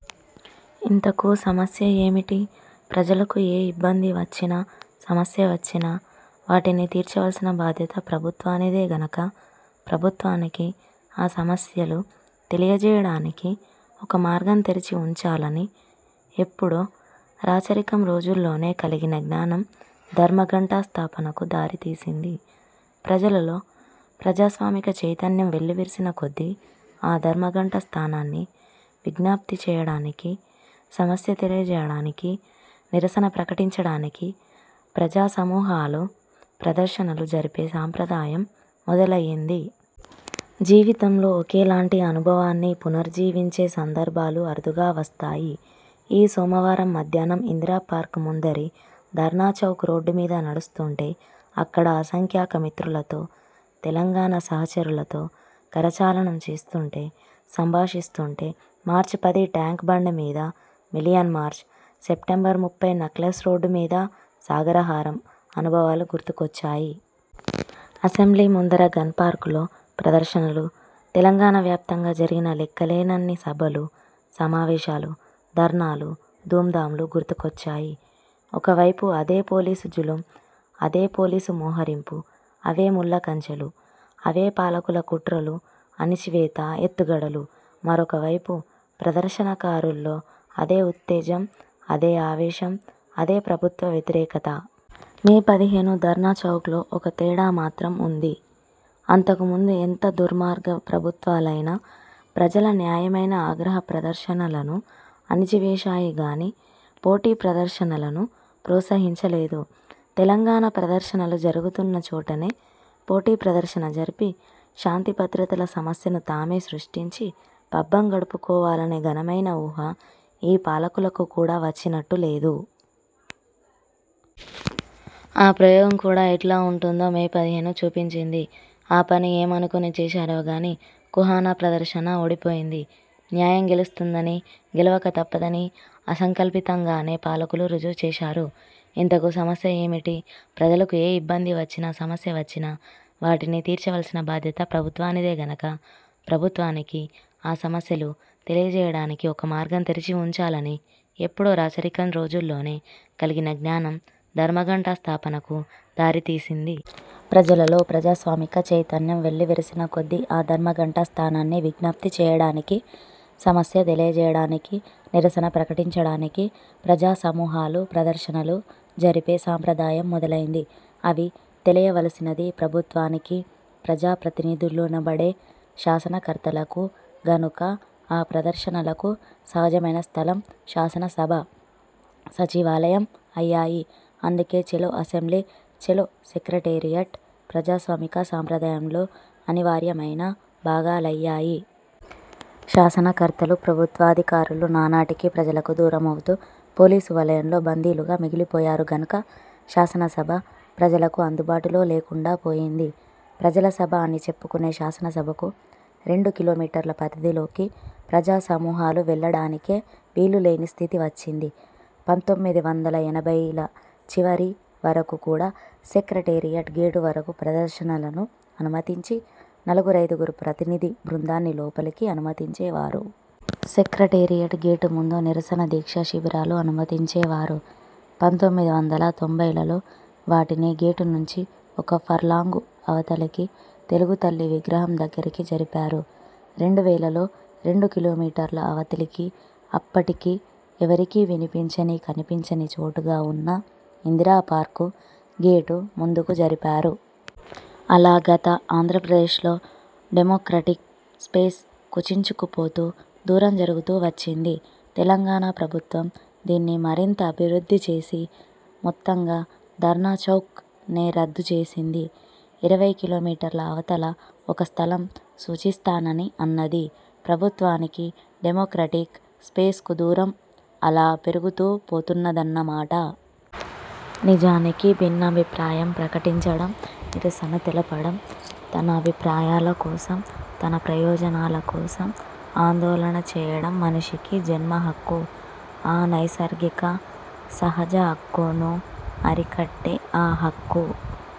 ఇంతకూ సమస్య ఏమిటి? ప్రజలకు ఏ ఇబ్బంది వచ్చినా, సమస్య వచ్చినా వాటిని తీర్చవలసిన బాధ్యత ప్రభుత్వానిదే గనుక, ప్రభుత్వానికి ఆ సమస్యలు తెలియజేయడానికి ఒక మార్గం తెరిచి ఉంచాలని ఎప్పుడో రాచరికం రోజుల్లోనే కలిగిన జ్ఞానం ధర్మగంట స్థాపనకు దారి తీసింది. ప్రజలలో ప్రజాస్వామిక చైతన్యం వెల్లివిరిసిన కొద్దీ ఆ ధర్మగంట స్థానాన్ని విజ్ఞప్తి చేయడానికి, సమస్య తెలియజేయడానికి, నిరసన ప్రకటించడానికి ప్రజాసమూహాలు ప్రదర్శనలు జరిపే సంప్రదాయం మొదలయింది. జీవితంలో ఒకేలాంటి అనుభవాన్ని పునర్జీవించే సందర్భాలు అరుదుగా వస్తాయి. ఈ సోమవారం మధ్యాహ్నం ఇందిరా పార్క్ ముందరి ధర్నా చౌక్ రోడ్డు మీద నడుస్తుంటే, అక్కడ అసంఖ్యాక మిత్రులతో, తెలంగాణ ఉద్యమ సహచరులతో కరచాలనం చేస్తుంటే, సంభాషిస్తుంటే మార్చ్ పది టాంక్ బండ్ మీద మిలియన్ మార్చ్, సెప్టెంబర్ ముప్పై నెక్లెస్ రోడ్ మీద సాగరహారం అనుభవాలు గుర్తుకొచ్చాయి. అసెంబ్లీ ముందర గపార్క్ లో ప్రదర్శనలు, తెలంగాణ వ్యాప్తంగా జరిగిన లెక్కలేనన్ని సభలు, సమావేశాలు, ధర్నాలు, ధూంధాంలు గుర్తుకొచ్చాయి. ఒకవైపు అదే పోలీసు జులుం, అదే పోలీసు మోహరింపు, అవే ముళ్ల కంచెలు. అవే పాలకుల కుట్రలు, అణచివేత ఎత్తుగడలు. మరొకవైపు ప్రదర్శనకారుల్లో అదే ఉత్తేజం, అదే ఆవేశం, అదే ప్రభుత్వ వ్యతిరేకత. మే పదిహేను ధర్నాచౌక్ లో ఒక తేడా మాత్రం ఉంది. అంతకు ముందు ఎంత దుర్మార్గ ప్రభుత్వాలైనా ప్రజల న్యాయమైన ఆగ్రహ ప్రదర్శనలను అణచివేశాయి గాని, పోటీ ప్రదర్శనలను ప్రోత్సహించలేదు. తెలంగాణ ప్రదర్శనలు జరుగుతున్న చోటనే పోటీ ప్రదర్శన జరిపి శాంతిభద్రతల సమస్యను తామే సృష్టించి పబ్బం గడుపుకోవాలనే ఘనమైన ఊహ ఈ పాలకులకు కూడ వచ్చినట్టు లేదు. ఆ ప్రయోగం కూడ ఎట్లా ఉంటుందో మే పదిహేను చూపింది. ఆ పని ఏమనుకుని చేశారో గాని కుహనా ప్రదర్శన ఓడిపోయింది. న్యాయం గెలుస్తుందని, గెలవకతప్పదని అసంకల్పితంగానే పాలకులు రుజువు చేశారు. ఇంతకూ సమస్య ఏమిటి? ప్రజలకు ఏ ఇబ్బంది వచ్చినా, సమస్య వచ్చినా వాటిని తీర్చవలసిన బాధ్యత ప్రభుత్వానిదే గనుక, ప్రభుత్వానికి ఆ సమస్యలు తెలియజేయడానికి ఒక మార్గం తెరిచి ఉంచాలని ఎప్పుడో రాచరికం రోజుల్లోనే కలిగిన జ్ఞానం ధర్మగంట స్థాపనకు దారి తీసింది. ప్రజలలో ప్రజాస్వామిక చైతన్యం వెల్లివిరిసిన కొద్దీ ఆ ధర్మగంట స్థానాన్ని విజ్ఞప్తి చేయడానికి, సమస్య తెలియజేయడానికి, నిరసన ప్రకటించడానికి ప్రజాసమూహాలు ప్రదర్శనలు జరిపే సంప్రదాయం మొదలయింది. అవి తెలియవలసినది ప్రభుత్వానికీ, ప్రజాప్రతినిధులనబడే శాసనకర్తలకూ గనుక ఆ ప్రదర్శనలకు సహజమైన స్థలం శాసనసభ, సచివాలయం అయ్యాయి. అందుకే చలో అసెంబ్లీ, చలో సెక్రటేరియట్ ప్రజాస్వామిక సంప్రదాయంలో అనివార్యమైన భాగాలయ్యాయి. శాసనకర్తలు, ప్రభుత్వాధికారులు నానాటికీ ప్రజలకు దూరమవుతూ, పోలీసు వలయంలో బందీలుగా మిగిలిపోయారు గనుక శాసనసభ ప్రజలకు అందుబాటులో లేకుండా పోయింది. ప్రజల సభ అని చెప్పుకునే శాసనసభకు రెండు కిమీ పరిధిలోకి ప్రజాసమూహాలు వెళ్లడానికే వీలులేని స్థితి వచ్చింది. పంతొమ్మిది వందల ఎనభైల చివరి వరకు కూడ సెక్రటేరియట్ గేటు వరకూ ప్రదర్శనలను అనుమతించి, నలుగురైదుగురు ప్రతినిధి బృందాన్ని లోపలికి అనుమతించేవారు. సెక్రటేరియట్ గేటు ముందు నిరసన దీక్షా శిబిరాలు అనుమతించేవారు. పంతొమ్మిది వందల తొంభైలలో వాటిని గేటు నుంచి ఒక ఫర్లాంగు అవతలికి తెలుగుతల్లి విగ్రహం దగ్గరికి జరిపారు. రెండు వేలలో రెండు కిమీ అవతలికి, అప్పటికి ఎవరికీ వినిపించని కనిపించని చోటుగా ఉన్న ఇందిరాపార్క్ గేటు ముందుకు జరిపారు. అలా గత ఆంధ్రప్రదేశ్ లో డెమొక్రటిక్ స్పేస్ కుంచించుకుపోతూ, దూరం జరుగుతూ వచ్చింది. తెలంగాణ ప్రభుత్వం దీన్ని మరింత "అభివృద్ధి" చేసి మొత్తంగా ధర్నా చౌక్ నే రద్దు చేసింది. ఇరవై కిమీ అవతల ఒక స్థలం సూచిస్తానని అన్నది. ప్రభుత్వానికీ డెమొక్రటిక్ స్పేస్ కూ దూరం అలా పెరుగుతూ పోతున్నదన్న మాట. నిజానికి భిన్నాభిప్రాయం ప్రకటించడం, నిరసన తెలపడం, తన అభిప్రాయాల కోసం, తన ప్రయోజనాల కోసం ఆందోళన చేయడం మనిషికి జన్మహక్కు. ఆ నైసర్గిక, సహజ హక్కును అరికట్టే, ఆ హక్కు